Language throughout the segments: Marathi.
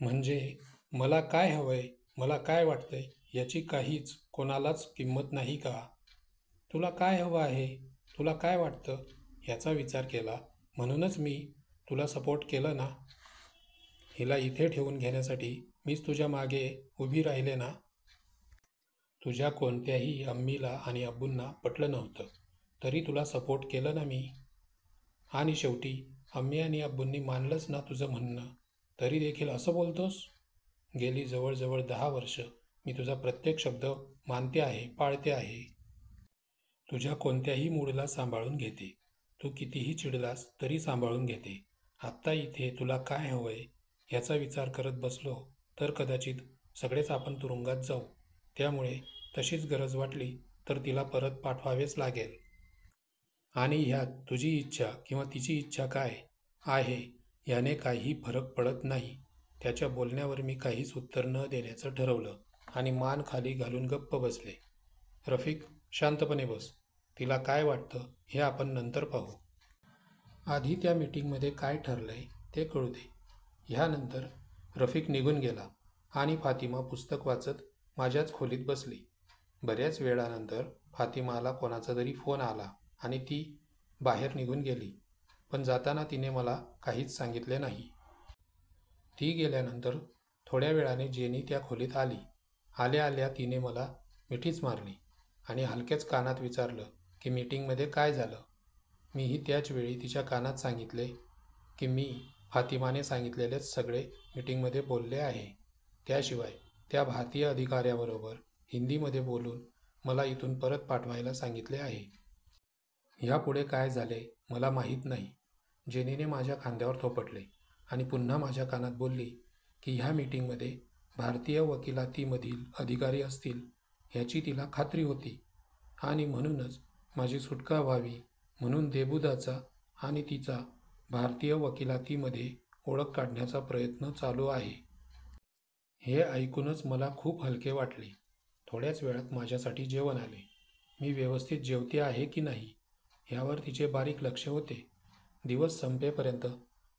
म्हणजे मला काय हवंय मला काय वाटतंय ह्याची काहीच कोणालाच किंमत नाही का? तुला काय हवं आहे तुला काय वाटतं ह्याचा विचार केला म्हणूनच मी तुला सपोर्ट केलं ना? हिला इथे ठेवून घेण्यासाठी मीच तुझ्यामागे उभी राहिले ना? तुझ्या कोणत्याही अम्मीला आणि अब्बूंना पटलं नव्हतं तरी तुला सपोर्ट केलं ना मी. आणि शेवटी अम्मी आणि अब्बूंनी मानलंच ना तुझं म्हणणं. तरीदेखील असं बोलतोस? गेली जवळ जवळ दहा वर्षं मी तुझा प्रत्येक शब्द मानते आहे पाळते आहे. तुझ्या कोणत्याही मूडला सांभाळून घेते. तू कितीही चिडलास तरी सांभाळून घेते. आत्ता इथे तुला काय हवंय ह्याचा विचार करत बसलो तर कदाचित सगळेच आपण तुरुंगात जाऊ. त्यामुळे तशीच गरज वाटली तर तिला परत पाठवावेच लागेल. आणि ह्यात तुझी इच्छा किंवा तिची इच्छा काय आहे ह्याने काही फरक पडत नाही. त्याच्या बोलण्यावर मी काहीच उत्तर न देण्याचं ठरवलं आणि मान खाली घालून गप्प बसले. रफिक शांतपणे बस. तिला काय वाटतं हे आपण नंतर पाहू. आधी त्या मिटिंगमधे काय ठरलंय ते कळू दे. ह्यानंतर रफिक निघून गेला आणि फातिमा पुस्तक वाचत माझ्याच खोलीत बसली. बऱ्याच वेळानंतर फातिमाला कोणाचा तरी फोन आला आणि ती बाहेर निघून गेली. पण जाताना तिने मला काहीच सांगितले नाही. ती गेल्यानंतर थोड्या वेळाने जेनी त्या खोलीत आली. आल्या आल्या तिने मला मिठीच मारली. आणि हलकेच कानात विचारलं की मिटिंगमध्ये काय झालं? मीही त्याच वेळी तिच्या कानात सांगितले की मी फातिमाने सांगितलेलेच सगळे मिटिंगमध्ये बोलले आहे आणि त्याशिवाय त्या भारतीय अधिकाऱ्याबरोबर हिंदीमध्ये बोलून मला इथून परत पाठवायला सांगितले आहे. ह्यापुढे काय झाले मला माहीत नाही. जेनीने माझ्या खांद्यावर थोपटले आणि पुन्हा माझ्या कानात बोलली की ह्या मिटिंगमध्ये भारतीय वकिलातीमधील अधिकारी असतील ह्याची तिला खात्री होती आणि म्हणूनच माझी सुटका व्हावी म्हणून देबूदाचा आणि तिचा भारतीय वकिलातीमध्ये ओळख काढायचा प्रयत्न चालू आहे. हे ऐकूनच मला खूप हलके वाटले. थोड्याच वेळात माझ्यासाठी जेवण आले. मी व्यवस्थित जेवते आहे की नाही ह्यावर तिचे बारीक लक्ष होते. दिवस संपेपर्यंत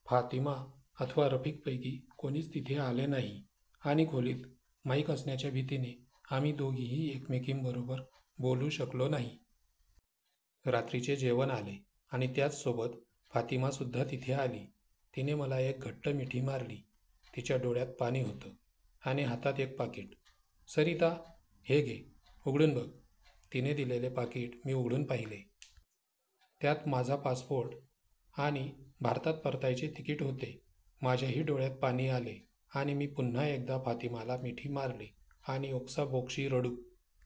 फातिमा अथवा रफिकपैकी कोणीच तिथे आले नाही. आणि खोलीत माईक असण्याच्या भीतीने आम्ही दोघीही एकमेकींबरोबर बोलू शकलो नाही. रात्रीचे जेवण आले आणि त्याचसोबत फातिमासुद्धा तिथे आली. तिने मला एक घट्ट मिठी मारली. तिच्या डोळ्यात पाणी होतं. आणि हातात एक पाकीट. सरीता, हे घे. उघडून बघ. तिने दिलेले पाकीट मी उघडून पाहिले. त्यात माझा पासपोर्ट आणि भारतात परतायचे तिकीट होते. माझ्याही डोळ्यात पाणी आले आणि मी पुन्हा एकदा फातिमाला मिठी मारली आणि ओक्साबोक्शी रडू